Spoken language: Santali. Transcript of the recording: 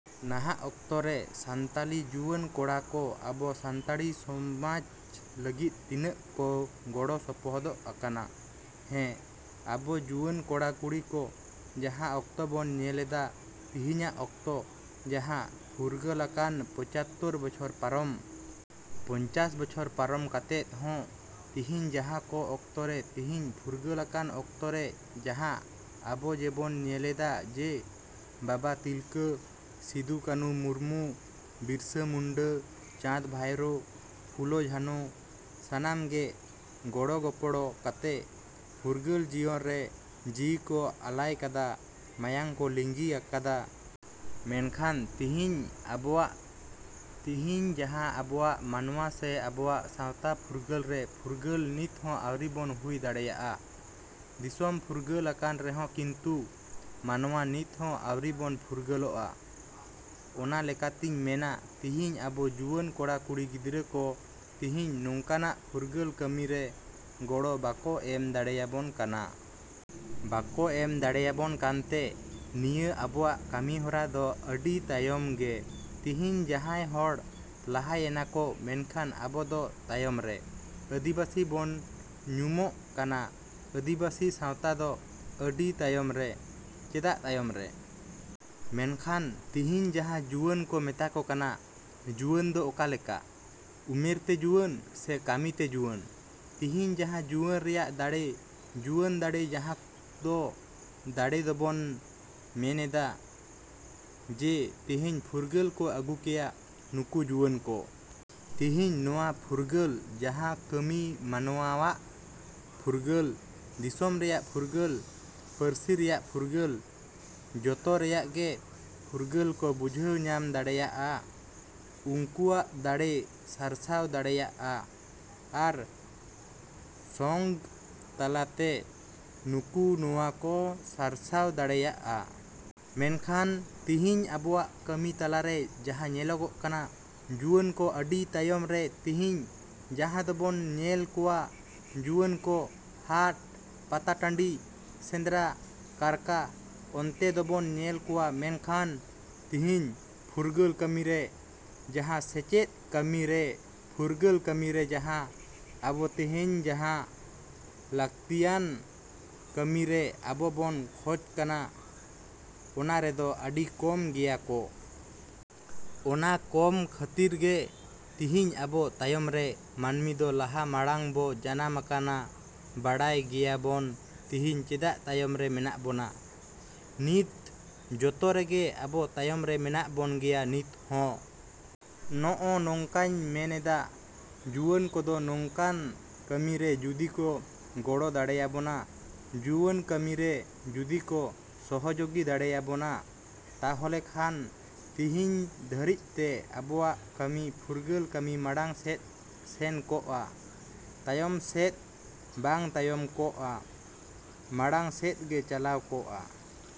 ‎ᱱᱟᱦᱟᱜ ᱚᱠᱛᱚ ᱨᱮ ᱥᱟᱱᱛᱟᱞᱤ ᱡᱩᱣᱟᱹᱱ ᱠᱚᱲᱟ ᱠᱚ ᱟᱵᱚ ᱥᱟᱱᱛᱟᱲᱤ ᱥᱚᱢᱟᱡᱽ ᱞᱟᱹᱜᱤᱫ ᱛᱤᱱᱟᱹᱜ ᱠᱚ ᱜᱚᱲᱚ ᱥᱚᱯᱚᱦᱚᱫᱚᱜ ᱟᱠᱟᱱᱟ? ᱦᱮᱸ, ᱟᱵᱚ ᱡᱩᱣᱟᱹᱱ ᱠᱚᱲᱟ ᱠᱩᱲᱤ ᱠᱚ ᱡᱟᱦᱟᱸ ᱚᱠᱛᱚ ᱵᱚᱱ ᱧᱮᱞᱮᱫᱟ ᱛᱤᱦᱤᱧᱟᱜ ᱚᱠᱛᱚ ᱡᱟᱦᱟᱸ ᱯᱷᱩᱨᱜᱟᱹᱞᱟᱠᱟᱱ ᱯᱚᱸᱪᱟᱛᱛᱳᱨ ᱵᱚᱪᱷᱚᱨ ᱯᱟᱨᱚᱢ, ᱯᱚᱧᱪᱟᱥ ᱵᱚᱪᱷᱚᱨ ᱯᱟᱨᱚᱢ ᱠᱟᱛᱮᱫ ᱦᱚᱸ ᱛᱤᱦᱤᱧ ᱡᱟᱦᱟᱸ ᱠᱚ ᱚᱠᱛᱚ ᱨᱮ ᱛᱤᱦᱤᱧ ᱯᱷᱩᱨᱜᱟᱹᱞᱟᱠᱟᱱ ᱚᱠᱛᱚ ᱨᱮ ᱡᱟᱦᱟᱸ ᱟᱵᱚ ᱡᱮᱵᱚᱱ ᱧᱮᱞᱟᱠᱟᱫᱟ ᱡᱮ, ᱵᱟᱵᱟ ᱛᱤᱞᱠᱟᱹ, ᱥᱤᱫᱩ ᱠᱟᱱᱩ ᱢᱩᱨᱢᱩ, ᱵᱤᱨᱥᱟᱹ ᱢᱩᱱᱰᱟᱹ, ᱪᱟᱸᱫ ᱵᱷᱟᱭᱨᱳ, ᱯᱷᱩᱞᱳ ᱡᱷᱟᱱᱳ, ᱥᱟᱱᱟᱢ ᱜᱮ ᱜᱚᱲᱚᱜᱚᱯᱚᱲᱚ ᱠᱟᱛᱮ ᱯᱷᱩᱨᱜᱟᱹᱞ ᱡᱤᱭᱚᱱ ᱨᱮ ᱡᱤᱣᱤ ᱠᱚ ᱟᱞᱟᱭ ᱠᱟᱫᱟ, ᱢᱟᱭᱟᱝ ᱠᱚ ᱞᱤᱸᱜᱤ ᱟᱠᱟᱫᱟ᱾ ᱢᱮᱱᱠᱷᱟᱱ ᱛᱤᱦᱤᱧ ᱟᱵᱚᱣᱟᱜ, ᱛᱤᱦᱤᱧ ᱡᱟᱦᱟᱸ ᱟᱵᱚᱣᱟᱜ ᱢᱟᱱᱣᱟ ᱥᱮ ᱟᱵᱚᱣᱟᱜ ᱥᱟᱶᱛᱟ ᱯᱷᱩᱨᱜᱟᱹᱞ ᱨᱮ ᱯᱷᱩᱨᱜᱟᱹᱞ ᱱᱤᱛ ᱦᱚᱸ ᱟᱹᱣᱨᱤ ᱵᱚᱱ ᱦᱩᱭ ᱫᱟᱲᱮᱭᱟᱜᱼᱟ᱾ ᱫᱤᱥᱚᱢ ᱯᱷᱩᱨᱜᱟᱹᱞ ᱟᱠᱟᱱ ᱨᱮᱦᱚᱸ ᱠᱤᱱᱛᱩ ᱢᱟᱱᱣᱟ ᱱᱤᱛ ᱦᱚᱸ ᱟᱣᱨᱤ ᱵᱚᱱ ᱯᱷᱩᱨᱜᱟᱹᱞᱚᱜᱼᱟ᱾ ᱚᱱᱟ ᱞᱮᱠᱟᱛᱤᱧ ᱢᱮᱱᱟ ᱛᱤᱦᱤᱧ ᱟᱵᱚ ᱡᱩᱣᱟᱹᱱ ᱠᱚᱲᱟ ᱠᱩᱲᱤ ᱜᱤᱫᱽᱨᱟᱹ ᱠᱚ ᱛᱤᱦᱤᱧ ᱱᱚᱝᱠᱟᱱᱟᱜ ᱯᱷᱩᱨᱜᱟᱹᱞ ᱠᱟᱹᱢᱤ ᱨᱮ ᱜᱚᱲᱚ ᱵᱟᱠᱚ ᱮᱢ ᱫᱟᱲᱮᱭᱟᱵᱚᱱ ᱠᱟᱱᱟ᱾ ᱵᱟᱠᱚ ᱮᱢ ᱫᱟᱲᱮᱭᱟᱵᱚᱱ ᱠᱟᱱᱛᱮ ᱱᱤᱭᱟᱹ ᱟᱵᱚᱣᱟᱜ ᱠᱟᱹᱢᱤᱦᱚᱨᱟ ᱫᱚ ᱟᱹᱰᱤ ᱛᱟᱭᱚᱢ ᱜᱮ᱾ ᱛᱤᱦᱤᱧ ᱡᱟᱦᱟᱸᱭ ᱦᱚᱲ ᱞᱟᱦᱟᱭ ᱮᱱᱟᱠᱚ ᱢᱮᱱᱠᱟᱷᱟᱱ ᱟᱵᱚ ᱫᱚ ᱛᱟᱭᱚᱢ ᱨᱮ᱾ ᱟᱹᱫᱤᱵᱟᱹᱥᱤ ᱵᱚᱱ ᱧᱩᱢᱩᱜ ᱠᱟᱱᱟ, ᱟᱹᱫᱤᱵᱟᱹᱥᱤ ᱥᱟᱶᱛᱟ ᱫᱚ ᱟᱹᱰᱤ ᱛᱟᱭᱚᱢ ᱨᱮ᱾ ᱪᱮᱫᱟᱜ ᱛᱟᱭᱚᱢ ᱨᱮ? ᱢᱮᱱᱠᱷᱟᱱ ᱛᱤᱦᱤᱧ ᱡᱟᱦᱟᱸ ᱡᱩᱣᱟᱹᱱ ᱠᱚ ᱢᱮᱛᱟ ᱠᱚ ᱠᱟᱱᱟ, ᱡᱩᱣᱟᱹᱱ ᱫᱚ ᱚᱠᱟᱞᱮᱠᱟ, ᱩᱢᱮᱨ ᱛᱮ ᱡᱩᱣᱟᱹᱱ ᱥᱮ ᱠᱟᱹᱢᱤ ᱛᱮ ᱡᱩᱣᱟᱹᱱ? ᱛᱤᱦᱤᱧ ᱡᱟᱦᱟᱸ ᱡᱩᱣᱟᱹᱱ ᱨᱮᱭᱟᱜ ᱫᱟᱲᱮ, ᱡᱩᱣᱟᱹᱱ ᱫᱟᱲᱮ ᱡᱟᱦᱟᱸ ᱫᱚ ᱫᱟᱲᱮ ᱫᱚᱵᱚᱱ ᱢᱮᱱᱮᱫᱟ᱾ ᱡᱮ, ᱛᱤᱦᱤᱧ ᱯᱷᱩᱨᱜᱟᱹᱞ ᱠᱚ ᱟᱹᱜᱩ ᱠᱮᱭᱟ ᱱᱩᱠᱩ ᱡᱩᱣᱟᱹᱱ ᱠᱚ᱾ ᱛᱤᱦᱤᱧ ᱱᱚᱣᱟ ᱯᱷᱩᱨᱜᱟᱹᱞ ᱡᱟᱦᱟᱸ ᱠᱟᱹᱢᱤ ᱢᱟᱱᱣᱟᱣᱟᱜ ᱯᱷᱩᱨᱜᱟᱹᱞ, ᱫᱤᱥᱚᱢ ᱨᱮᱱᱟᱜ ᱯᱷᱩᱨᱜᱟᱹᱞ, ᱯᱟᱹᱨᱥᱤ ᱨᱮᱭᱟᱜ ᱯᱷᱩᱨᱜᱟᱹᱞ, ᱡᱚᱛᱚ ᱨᱮᱭᱟᱜ ᱜᱮ ᱯᱷᱩᱨᱜᱟᱹᱞ ᱠᱚ ᱵᱩᱡᱷᱟᱹᱣ ᱧᱟᱢ ᱫᱟᱲᱮᱭᱟᱜᱼᱟ᱾ ᱩᱝᱠᱩᱣᱟᱜ ᱫᱟᱲᱮ ᱥᱟᱨᱥᱟᱣ ᱫᱟᱲᱮᱭᱟᱜᱼᱟ᱾ ᱟᱨ ᱥᱚᱝᱜᱽ ᱛᱟᱞᱟᱛᱮ ᱱᱩᱠᱩ ᱱᱚᱣᱟ ᱠᱚ ᱥᱟᱨᱥᱟᱣ ᱫᱟᱲᱮᱭᱟᱜᱼᱟ᱾ ᱢᱮᱱᱠᱷᱟᱱ ᱛᱤᱦᱤᱧ ᱟᱵᱚᱣᱟᱜ ᱠᱟᱹᱢᱤ ᱛᱟᱞᱟ ᱨᱮ ᱡᱟᱦᱟᱸ ᱧᱮᱞᱚᱜᱚᱜ ᱠᱟᱱᱟ ᱡᱩᱣᱟᱹᱱ ᱠᱚ ᱟᱹᱰᱤ ᱛᱟᱭᱚᱢ ᱨᱮ ᱛᱤᱦᱤᱧ ᱡᱟᱦᱟᱸ ᱫᱚᱵᱚᱱ ᱧᱮᱞ ᱠᱚᱣᱟ ᱡᱩᱣᱟᱹᱱ ᱠᱚ ᱦᱟᱴ, ᱯᱟᱛᱟ ᱴᱟᱺᱰᱤ, ᱥᱮᱸᱫᱽᱨᱟ, ᱠᱟᱨᱠᱟ ᱚᱱᱛᱮ ᱫᱚᱵᱚᱱ ᱧᱮᱞ ᱠᱚᱣᱟ ᱢᱮᱱᱠᱷᱟᱱ ᱛᱤᱦᱤᱧ ᱯᱷᱩᱨᱜᱟᱹᱞ ᱠᱟᱹᱢᱤ ᱨᱮ ᱡᱟᱦᱟᱸ ᱥᱮᱪᱮᱫ ᱠᱟᱹᱢᱤ ᱨᱮ ᱯᱷᱩᱨᱜᱟᱹᱞ ᱠᱟᱹᱢᱤ ᱨᱮ ᱡᱟᱦᱟᱸ ᱟᱵᱚ ᱛᱤᱦᱤᱧ ᱡᱟᱦᱟᱸ ᱞᱟᱹᱠᱛᱤᱭᱟᱱ ᱠᱟᱹᱢᱤ ᱨᱮ ᱟᱵᱚ ᱵᱚᱱ ᱠᱷᱚᱡᱚᱜ ᱠᱟᱱᱟ, ᱚᱱᱟ ᱨᱮᱫᱚ ᱟᱹᱰᱤ ᱠᱚᱢ ᱜᱮᱭᱟ ᱠᱚ᱾ ᱚᱱᱟ ᱠᱚᱢ ᱠᱷᱟᱹᱛᱤᱨ ᱜᱮ ᱛᱤᱦᱤᱧ ᱟᱵᱚ ᱛᱟᱭᱚᱢ ᱨᱮ ᱢᱟ.ᱱᱢᱤ ᱫᱚ ᱞᱟᱦᱟ ᱢᱟᱲᱟᱝ ᱵᱚ ᱡᱟᱱᱟᱢ ᱟᱠᱟᱱᱟ ᱵᱟᱲᱟᱭ ᱜᱮᱭᱟ ᱵᱚᱱ ᱛᱤᱦᱤᱧ ᱪᱮᱫᱟᱜ ᱛᱟᱭᱚᱢ ᱨᱮ ᱢᱮᱱᱟᱜ ᱵᱚᱱᱟ? ᱱᱤᱛ ᱡᱚᱛᱚ ᱨᱮᱜᱮ ᱟᱵᱚ ᱛᱟᱭᱚᱢ ᱨᱮ ᱢᱮᱱᱟᱜ ᱵᱚᱱ ᱜᱮᱭᱟ ᱱᱤᱛ ᱦᱚ᱾ ᱱᱚᱜᱼᱚ ᱱᱚᱝᱠᱟᱧ ᱢᱮᱱᱮᱫᱟ ᱡᱩᱣᱟᱹᱱ ᱠᱚᱫᱚ ᱱᱚᱝᱠᱟᱱ ᱠᱟᱹᱢᱤ ᱨᱮ ᱡᱩᱫᱤ ᱠᱚ ᱜᱚᱲᱚ ᱫᱟᱲᱮᱭᱟᱵᱚᱱᱟ ᱡᱩᱣᱟᱹᱱ ᱠᱟᱹᱢᱤ ᱨᱮ ᱡᱩᱫᱤ ᱠᱚ ᱥᱚᱦᱚᱡᱳᱜᱤ ᱫᱟᱲᱮᱭᱟᱵᱚᱱᱟ, ᱛᱟᱦᱚᱞᱮ ᱠᱷᱟᱱ ᱛᱤᱦᱤᱧ ᱫᱷᱟᱹᱨᱤᱡ ᱛᱮ ᱟᱵᱚᱣᱟᱜ ᱠᱟᱹᱢᱤ ᱯᱷᱩᱨᱜᱟᱹᱞ ᱠᱟᱹᱢᱤ ᱢᱟᱲᱟᱝ ᱥᱮᱫ ᱥᱮᱱ ᱠᱚᱜ ᱟ ᱛᱟᱭᱚᱢ ᱥᱮᱫ ᱵᱟᱝ ᱛᱟᱭᱚᱢ ᱠᱚᱜᱼᱟ, ᱢᱟᱲᱟᱝ ᱥᱮᱫ ᱜᱮ ᱪᱟᱞᱟᱣ ᱠᱚᱜᱼᱟ᱾